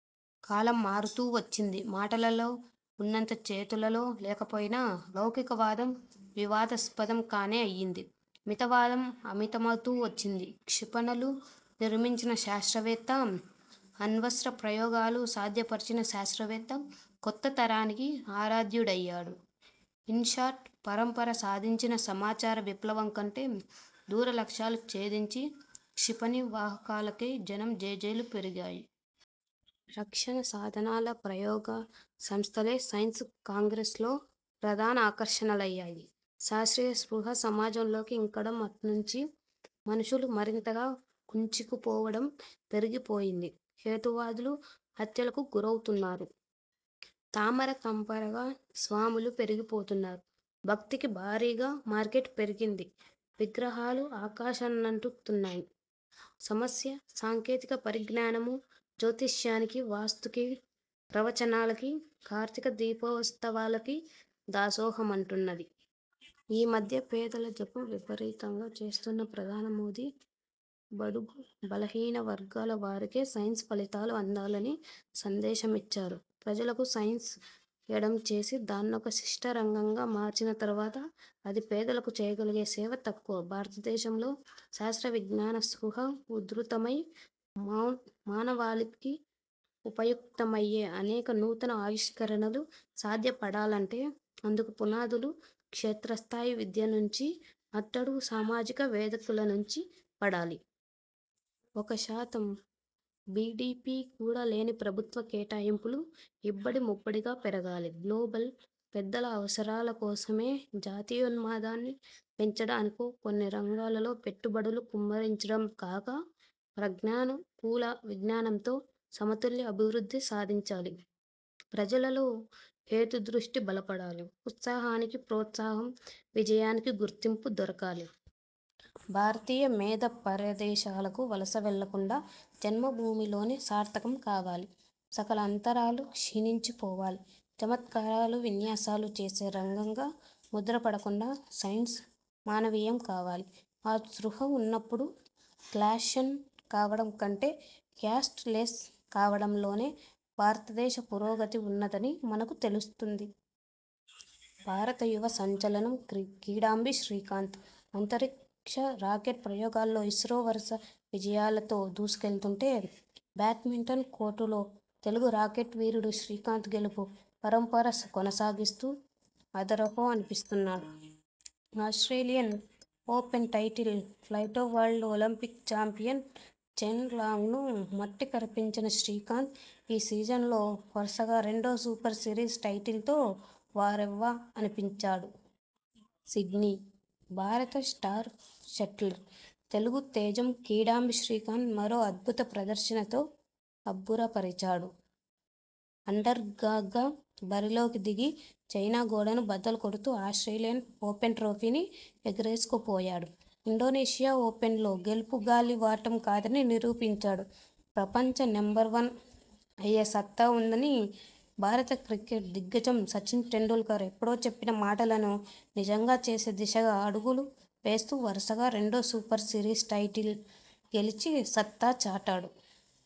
కాలం మారుతూ వచ్చింది. మాటలలో ఉన్నంత చేతలలో లేకపోయినా లౌకికవాదం వివాదాస్పదం కానే అయింది. మితవాదం అమితమవుతూ వచ్చింది. క్షిపణులు నిర్మించిన శాస్త్రవేత్త, అణ్వస్త్ర ప్రయోగాలు సాధ్యపరచిన శాస్త్రవేత్త కొత్త తరానికి ఆరాధ్యుడయ్యాడు. ఇన్శాట్ పరంపర సాధించిన సమాచార విప్లవం కంటె, దూరలక్ష్యాలు ఛేదించే క్షిపణి వాహకాలకే జనం జేజేలు పెరిగాయి. రక్షణసాధనాల ప్రయోగసంస్థలే సైన్స్ కాంగ్రెస్లలో ప్రధాన ఆకర్షణలయ్యాయి. శాస్ర్తీయ స్పృహ సమాజంలోకి ఇంకడం అటుంచి, మనుషులు మరింతగా కుంచించుకుపోవడం పెరిగిపోయింది. హేతువాదులు హత్యలకు గురవుతున్నారు. తామరతంపరగా స్వాములు పెరిగిపోతున్నారు. భక్తికి భారీగా మార్కెట్ పెరిగింది. విగ్రహాలు ఆకాశాన్నంటుతున్నాయి. సమస్త సాంకేతిక పరిజ్ఞానమూ జ్యోతిష్యానికి, వాస్తుకి, ప్రవచనాలకీ, కార్తీకదీపోత్సవాలకీ దాసోహమంటున్నది. ఈ మధ్య పేదల జపం విపరీతంగా చేస్తున్న ప్రధాని మోదీ, బడుగుబలహీనవర్గాల వారికే సైన్స్ ఫలితాలు అందాలని సందేశమిచ్చారు. ప్రజలకు సైన్స్ను ఎడం చేసి, దాన్నొక శిష్ట రంగంగా మార్చిన తరువాత, అది పేదలకు చేయగలిగే సేవ తక్కువ. భారతదేశంలో శాస్త్రవిజ్ఞానస్పృహ ఉధృతమై, మానవాళికి ఉపయుక్తమయ్యే అనేక నూతన ఆవిష్కరణలు సాధ్యపడాలంటే, అందుకు పునాదులు క్షేత్రస్థాయి విద్య నుంచి, అట్టడుగు సామాజిక వేదికలనుంచి పడాలి. ఒక శాతం జీడీపీ కూడా లేని ప్రభుత్వ కేటాయింపులు ఇబ్బడి ముబ్బడిగా పెరగాలి. గ్లోబల్ పెద్దల అవసరాల కోసమో, జాతీయోన్మాదాన్ని పెంచడానికో కొన్ని రంగాలలో పెట్టుబడులు కుమ్మరించడం కాక, ప్రజానుకూల విజ్ఞానంతో సమతుల్య అభివృద్ధి సాధించాలి. ప్రజలలో హేతుదృష్టి బలపడాలి. ఉత్సాహానికి ప్రోత్సాహం, విజయాలకు గుర్తింపు దొరకాలి. భారతీయ మేధ పరదేశాలకు వలస వెళ్లకుండా, జన్మభూమిలోనే సార్థకం కావాలి. సకల అంతరాలూ క్షీణించిపోవాలి. చమత్కారాలూ విన్యాసాలూ చేసే రంగంగా ముద్రపడకుండా సైన్స్ మానవీయం కావాలి. ఆ స్పృహ ఉన్నప్పుడు, క్యాష్లెస్ కావడం కంటె క్యాస్ట్ లెస్ కావడంలోనే భారతదేశ పురోగతి ఉన్నదని మనకు తెలుస్తుంది. భారత యువ సంచలనం కిడాంబి శ్రీకాంత్!! అంతరిక్ష రాకెట్ ప్రయోగాల్లో ఇస్రో వరుస విజయాలతో దూసుకెళ్తుంటే బ్యాడ్మింటన్ కోర్టులో తెలుగు రాకెట్ వీరుడు శ్రీకాంత్ గెలుపు పరంపర కొనసాగిస్తూ అదరహో అనిపిస్తున్నాడు!! ఆస్ర్టేలియన్ ఓపెన్ టైటిల్ ఫైట్లో world, Olympic champion Chen Long ను మట్టికరిపించిన శ్రీకాంత్ ఈ సీజన్లో వరుసగా రెండో సూపర్ సిరీస్ టైటిల్తో వారెవ్వా అనిపించాడు!! సిడ్నీ: భారత స్టార్ షట్లర్, తెలుగు తేజం కిడాంబి శ్రీకాంత్ మరో అద్భుత ప్రదర్శనతో అబ్బురపరిచాడు. అండర్డాగ్గా బరిలోకి దిగి 'చైనా' గోడను బద్దలుకొడుతూ ఆస్ర్టేలియన్ ఓపెన్ ట్రోఫీని ఎగరేసుకుపోయాడు. ఇండోనేసియా ఓపెన్లో గెలుపు గాలి వాటం కాదని నిరూపించాడు. ప్రపంచ నెంబర్వన్ అయ్యే సత్తా ఉందని భారత క్రికెట్ దిగ్గజం సచిన్ టెండూల్కర్ ఎప్పుడో చెప్పిన మాటలను నిజం చేసే దిశగా అడుగులు వేస్తూ వరుసగా రెండో సూపర్ సిరీస్ టైటిల్ గెలిచి సత్తాచాటాడు.